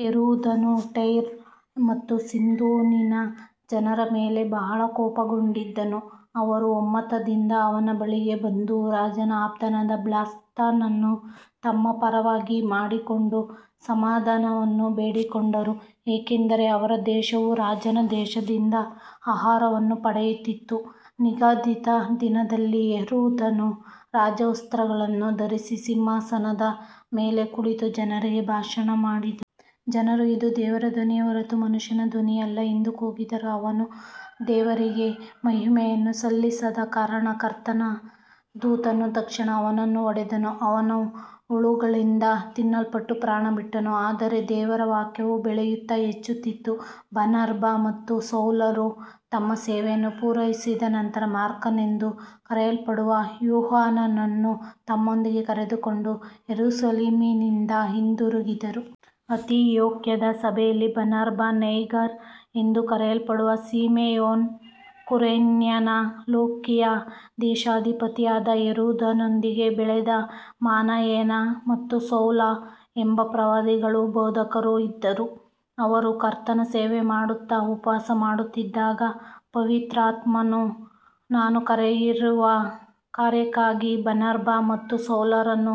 ಹೆರೋದನು ಟೈರ್ ಮತ್ತು ಸೀದೋನಿನ ಜನರ ಮೇಲೆ ಬಹಳ ಕೋಪಗೊಂಡಿದ್ದನು. ಅವರು ಒಮ್ಮತದಿಂದ ಅವನ ಬಳಿಗೆ ಬಂದು, ರಾಜನ ಆಪ್ತನಾದ ಬ್ಲಾಸ್ತನನ್ನು ತಮ್ಮ ಪರವಾಗಿ ಮಾಡಿಕೊಂಡು ಸಮಾಧಾನವನ್ನು ಬೇಡಿಕೊಂಡರು, ಏಕೆಂದರೆ ಅವರ ದೇಶವು ರಾಜನ ದೇಶದಿಂದ ಆಹಾರವನ್ನು ಪಡೆಯುತ್ತಿತ್ತು. ನಿಗದಿತ ದಿನದಲ್ಲಿ ಹೆರೋದನು ರಾಜವಸ್ತ್ರಗಳನ್ನು ಧರಿಸಿ ಸಿಂಹಾಸನದ ಮೇಲೆ ಕುಳಿತು ಜನರಿಗೆ ಭಾಷಣ ಮಾಡಿದನು. ಜನರು, ಇದು ದೇವರ ಧ್ವನಿಯೇ ಹೊರತು ಮನುಷ್ಯನ ಧ್ವನಿಯಲ್ಲ ಎಂದು ಕೂಗಿದರು. ಅವನು ದೇವರಿಗೆ ಮಹಿಮೆಯನ್ನು ಸಲ್ಲಿಸದ ಕಾರಣ ಕರ್ತನ ದೂತನು ತಕ್ಷಣ ಅವನನ್ನು ಹೊಡೆದನು. ಅವನು ಹುಳುಗಳಿಂದ ತಿನ್ನಲ್ಪಟ್ಟು ಪ್ರಾಣಬಿಟ್ಟನು. ಆದರೆ ದೇವರ ವಾಕ್ಯವು ಬೆಳೆಯುತ್ತಾ ಹೆಚ್ಚುತ್ತಿತ್ತು. ಬರ್ನಬ ಮತ್ತು ಸೌಲರು ತಮ್ಮ ಸೇವೆಯನ್ನು ಪೂರೈಸಿದ ನಂತರ ಮಾರ್ಕನೆಂದು ಕರೆಯಲ್ಪಡುವ ಯೋಹಾನನನ್ನು ತಮ್ಮೊಂದಿಗೆ ಕರೆದುಕೊಂಡು ಯೆರೂಸಲೇಮಿನಿಂದ ಹಿಂದಿರುಗಿದರು. ಅಂತಿಯೋಕ್ಯದ ಸಭೆಯಲ್ಲಿ ಬರ್ನಬ, ನೈಗರ್ ಎಂದು ಕರೆಯಲ್ಪಡುವ ಸಿಮೆಯೋನ, ಕುರೇನ್ಯನ ಲೂಕಿಯ, ದೇಶಾಧಿಪತಿಯಾದ ಹೆರೋದನೊಂದಿಗೆ ಬೆಳೆದ ಮನಾಯೇನ ಮತ್ತು ಸೌಲ ಎಂಬ ಪ್ರವಾದಿಗಳೂ ಬೋಧಕರೂ ಇದ್ದರು. ಅವರು ಕರ್ತನ ಸೇವೆಮಾಡುತ್ತಾ ಉಪವಾಸ ಮಾಡುತ್ತಿದ್ದಾಗ ಪವಿತ್ರಾತ್ಮನು, ನಾನು ಕರೆಯಿರುವ ಕಾರ್ಯಕ್ಕಾಗಿ ಬರ್ನಬ ಮತ್ತು ಸೌಲರನ್ನು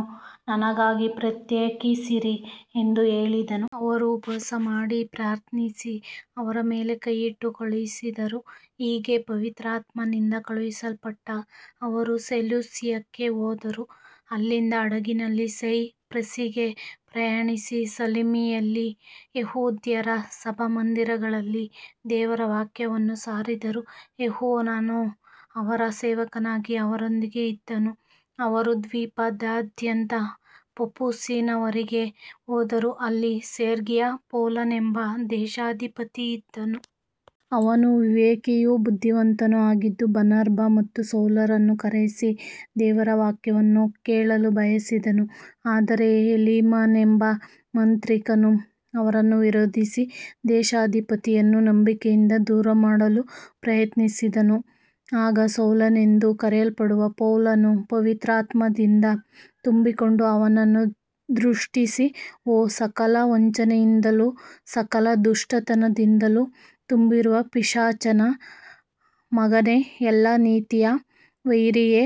ನನಗಾಗಿ ಪ್ರತ್ಯೇಕಿಸಿರಿ ಎಂದು ಹೇಳಿದನು. ಅವರು ಉಪವಾಸಮಾಡಿ ಪ್ರಾರ್ಥಿಸಿ ಅವರ ಮೇಲೆ ಕೈಯಿಟ್ಟು ಕಳುಹಿಸಿದರು. ಹೀಗೆ ಪವಿತ್ರಾತ್ಮನಿಂದ ಕಳುಹಿಸಲ್ಪಟ್ಟ ಅವರು ಸೆಲ್ಯೂಸಿಯಕ್ಕೆ ಹೋದರು. ಅಲ್ಲಿಂದ ಹಡಗಿನಲ್ಲಿ ಸೈಪ್ರಸಿಗೆ ಪ್ರಯಾಣಿಸಿ ಸಲಾಮಿಯಲ್ಲಿ ಯೆಹೂದ್ಯರ ಸಭಾಮಂದಿರಗಳಲ್ಲಿ ದೇವರ ವಾಕ್ಯವನ್ನು ಸಾರಿದರು. ಯೋಹಾನನು ಅವರ ಸೇವಕನಾಗಿ ಅವರೊಂದಿಗೆ ಇದ್ದನು. ಅವರು ದ್ವೀಪದಾದ್ಯಂತ ಪಾಫೊಸಿನವರೆಗೆ ಹೋದರು. ಅಲ್ಲಿ ಸೆರ್ಗಿಯ ಪೌಲನೆಂಬ ದೇಶಾಧಿಪತಿಯಿದ್ದನು. ಅವನು ವಿವೇಕಿಯೂ ಬುದ್ಧಿವಂತನೂ ಆಗಿದ್ದು, ಬರ್ನಬ ಮತ್ತು ಸೌಲರನ್ನು ಕರೆಸಿ ದೇವರ ವಾಕ್ಯವನ್ನು ಕೇಳಲು ಬಯಸಿದನು. ಆದರೆ ಎಲಿಮನೆಂಬ ಮಾಂತ್ರಿಕನು ಅವರನ್ನು ವಿರೋಧಿಸಿ, ದೇಶಾಧಿಪತಿಯನ್ನು ನಂಬಿಕೆಯಿಂದ ದೂರಮಾಡಲು ಪ್ರಯತ್ನಿಸಿದನು. ಆಗ ಸೌಲನೆಂದು ಕರೆಯಲ್ಪಡುವ ಪೌಲನು ಪವಿತ್ರಾತ್ಮದಿಂದ ತುಂಬಿಕೊಂಡು ಅವನನ್ನು ದೃಷ್ಟಿಸಿ, ಓ ಸಕಲ ವಂಚನೆಯಿಂದಲೂ ಸಕಲ ದುಷ್ಟತನದಿಂದಲೂ ತುಂಬಿರುವ ಪಿಶಾಚನ ಮಗನೇ, ಎಲ್ಲಾ ನೀತಿಯ ವೈರಿಯೇ,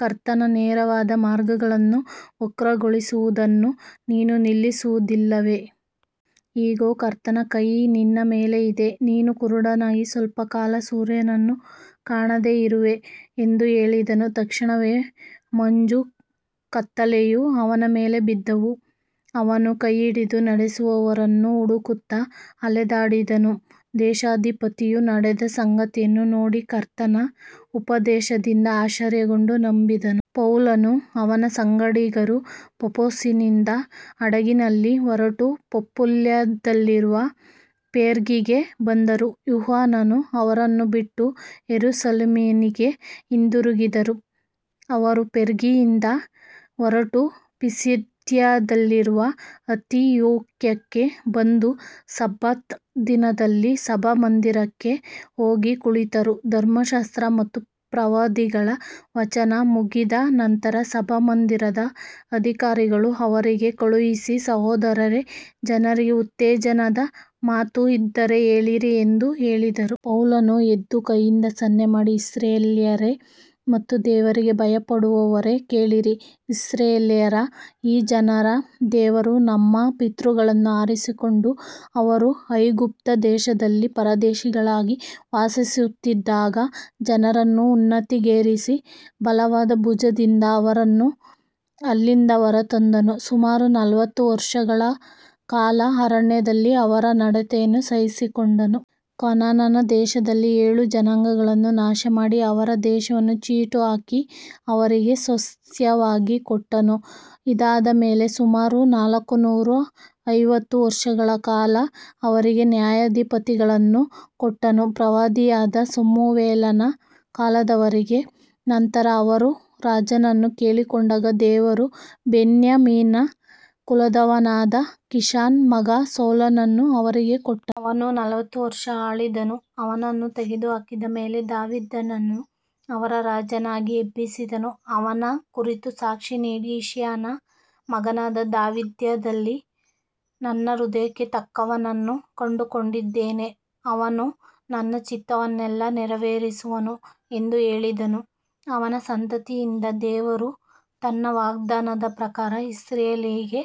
ಕರ್ತನ ನೇರವಾದ ಮಾರ್ಗಗಳನ್ನು ವಕ್ರಗೊಳಿಸುವುದನ್ನು ನೀನು ನಿಲ್ಲಿಸುವುದಿಲ್ಲವೇ. ಇಗೋ, ಕರ್ತನ ಕೈ ನಿನ್ನ ಮೇಲೆ ಇದೆ. ನೀನು ಕುರುಡನಾಗಿ ಸ್ವಲ್ಪಕಾಲ ಸೂರ್ಯನನ್ನು ಕಾಣದೆ ಇರುವೆ ಎಂದು ಹೇಳಿದನು. ತಕ್ಷಣವೇ ಮಂಜೂ ಕತ್ತಲೆಯೂ ಅವನ ಮೇಲೆ ಬಿದ್ದವು. ಅವನು ಕೈಹಿಡಿದು ನಡೆಸುವವರನ್ನು ಹುಡುಕುತ್ತಾ ಅಲೆದಾಡಿದನು. ದೇಶಾಧಿಪತಿಯು ನಡೆದ ಸಂಗತಿಯನ್ನು ನೋಡಿ ಕರ್ತನ ಉಪದೇಶದಿಂದ ಆಶ್ಚರ್ಯಗೊಂಡು ನಂಬಿದನು. ಪೌಲನೂ ಅವನ ಸಂಗಡಿಗರೂ ಪಾಫೊಸಿನಿಂದ ಹಡಗಿನಲ್ಲಿ ಹೊರಟು ಪಂಫುಲ್ಯದಲ್ಲಿರುವ ಪೆರ್ಗೆಗೆ ಬಂದರು. ಯೋಹಾನನು ಅವರನ್ನು ಬಿಟ್ಟು ಯೆರೂಸಲೇಮಿಗೆ ಹಿಂದಿರುಗಿದನು. ಅವರು ಪೆರ್ಗೆಯಿಂದ ಹೊರಟು ಪಿಸಿದ್ಯದಲ್ಲಿರುವ ಅಂತಿಯೋಕ್ಯಕ್ಕೆ ಬಂದು ಸಬ್ಬತ್ ದಿನದಲ್ಲಿ ಸಭಾಮಂದಿರಕ್ಕೆ ಹೋಗಿ ಕುಳಿತರು. ಧರ್ಮಶಾಸ್ತ್ರ ಮತ್ತು ಪ್ರವಾದಿಗಳ ವಾಚನ ಮುಗಿದ ನಂತರ ಸಭಾಮಂದಿರದ ಅಧಿಕಾರಿಗಳು ಅವರಿಗೆ ಕಳುಹಿಸಿ, ಸಹೋದರರೇ, ಜನರಿಗೆ ಉತ್ತೇಜನದ ಮಾತು ಇದ್ದರೆ ಹೇಳಿರಿ ಎಂದು ಹೇಳಿದರು. ಪೌಲನು ಎದ್ದು ಕೈಯಿಂದ ಸನ್ನೆಮಾಡಿ, ಇಸ್ರಾಯೇಲ್ಯರೇ ಮತ್ತು ದೇವರಿಗೆ ಭಯಪಡುವವರೇ, ಕೇಳಿರಿ. ಇಸ್ರಾಯೇಲ್ಯರ ಈ ಜನರ ದೇವರು ನಮ್ಮ ಪಿತೃಗಳನ್ನು ಆರಿಸಿಕೊಂಡು, ಅವರು ಐಗುಪ್ತ ದೇಶದಲ್ಲಿ ಪರದೇಶಿಗಳಾಗಿ ವಾಸಿಸುತ್ತಿದ್ದಾಗ ಜನರನ್ನು ಉನ್ನತಿಗೇರಿಸಿ, ಬಲವಾದ ಭುಜದಿಂದ ಅವರನ್ನು ಅಲ್ಲಿಂದ ಹೊರತಂದನು. ಸುಮಾರು ನಲವತ್ತು ವರ್ಷಗಳ ಕಾಲ ಅರಣ್ಯದಲ್ಲಿ ಅವರ ನಡತೆಯನ್ನು ಸಹಿಸಿಕೊಂಡನು. ಕಾನಾನ್ ದೇಶದಲ್ಲಿ ಏಳು ಜನಾಂಗಗಳನ್ನು ನಾಶಮಾಡಿ ಅವರ ದೇಶವನ್ನು ಚೀಟುಹಾಕಿ ಅವರಿಗೆ ಸ್ವಾಸ್ತ್ಯವಾಗಿ ಕೊಟ್ಟನು. ಇದಾದ ಮೇಲೆ ಸುಮಾರು ನಾಲ್ಕುನೂರ ಐವತ್ತು ವರ್ಷಗಳ ಕಾಲ ಅವರಿಗೆ ನ್ಯಾಯಾಧಿಪತಿಗಳನ್ನು ಕೊಟ್ಟನು, ಪ್ರವಾದಿಯಾದ ಸಮುವೇಲನ ಕಾಲದವರೆಗೆ. ನಂತರ ಅವರು ರಾಜನನ್ನು ಕೇಳಿಕೊಂಡಾಗ ದೇವರು ಬೆನ್ಯಾಮೀನ್ ಕುಲದವನಾದ ಕೀಷನ ಮಗ ಸೌಲನನ್ನು ಅವರಿಗೆ ಕೊಟ್ಟನು. ಅವನು ನಲವತ್ತು ವರ್ಷ ಆಳಿದನು. ಅವನನ್ನು ತೆಗೆದುಹಾಕಿದ ಮೇಲೆ ದಾವೀದನನ್ನು ಅವರ ರಾಜನನ್ನಾಗಿ ಎಬ್ಬಿಸಿದನು. ಅವನ ಕುರಿತು ಸಾಕ್ಷಿ ನೀಡಿ, ಇಷಯನ ಮಗನಾದ ದಾವೀದನಲ್ಲಿ ನನ್ನ ಹೃದಯಕ್ಕೆ ತಕ್ಕವನನ್ನು ಕಂಡುಕೊಂಡಿದ್ದೇನೆ, ಅವನು ನನ್ನ ಚಿತ್ತವನ್ನೆಲ್ಲ ನೆರವೇರಿಸುವನು ಎಂದು ಹೇಳಿದನು. ಅವನ ಸಂತತಿಯಿಂದ ದೇವರು ತನ್ನ ವಾಗ್ದಾನದ ಪ್ರಕಾರ ಇಸ್ರಾಯೇಲಿಗೆ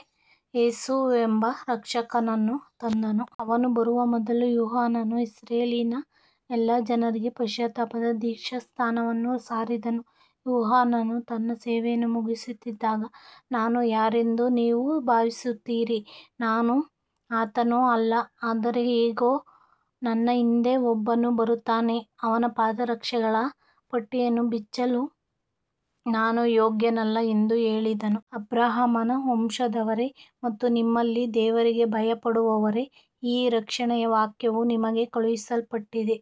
ಯೇಸುವೆಂಬ ರಕ್ಷಕನನ್ನು ತಂದನು. ಅವನು ಬರುವ ಮೊದಲು ಯೋಹಾನನು ಇಸ್ರಾಯೇಲಿನ ಎಲ್ಲಾ ಜನರಿಗೆ ಪಶ್ಚಾತ್ತಾಪದ ದೀಕ್ಷಾಸ್ನಾನವನ್ನು ಸಾರಿದನು. ಯೋಹಾನನು ತನ್ನ ಸೇವೆಯನ್ನು ಮುಗಿಸುತ್ತಿದ್ದಾಗ, ನಾನು ಯಾರೆಂದು ನೀವು ಭಾವಿಸುತ್ತೀರಿ? ನಾನು ಆತನು ಅಲ್ಲ. ಆದರೆ ಇಗೋ, ನನ್ನ ಹಿಂದೆ ಒಬ್ಬನು ಬರುತ್ತಾನೆ. ಅವನ ಪಾದರಕ್ಷೆಗಳ ಪಟ್ಟಿಯನ್ನು ಬಿಚ್ಚಲು ನಾನು ಯೋಗ್ಯನಲ್ಲ ಎಂದು ಹೇಳಿದನು. ಅಬ್ರಹಾಮನ ವಂಶದವರೇ ಮತ್ತು ನಿಮ್ಮಲ್ಲಿ ದೇವರಿಗೆ ಭಯಪಡುವವರೇ, ಈ ರಕ್ಷಣೆಯ ವಾಕ್ಯವು ನಿಮಗೆ ಕಳುಹಿಸಲ್ಪಟ್ಟಿದೆ.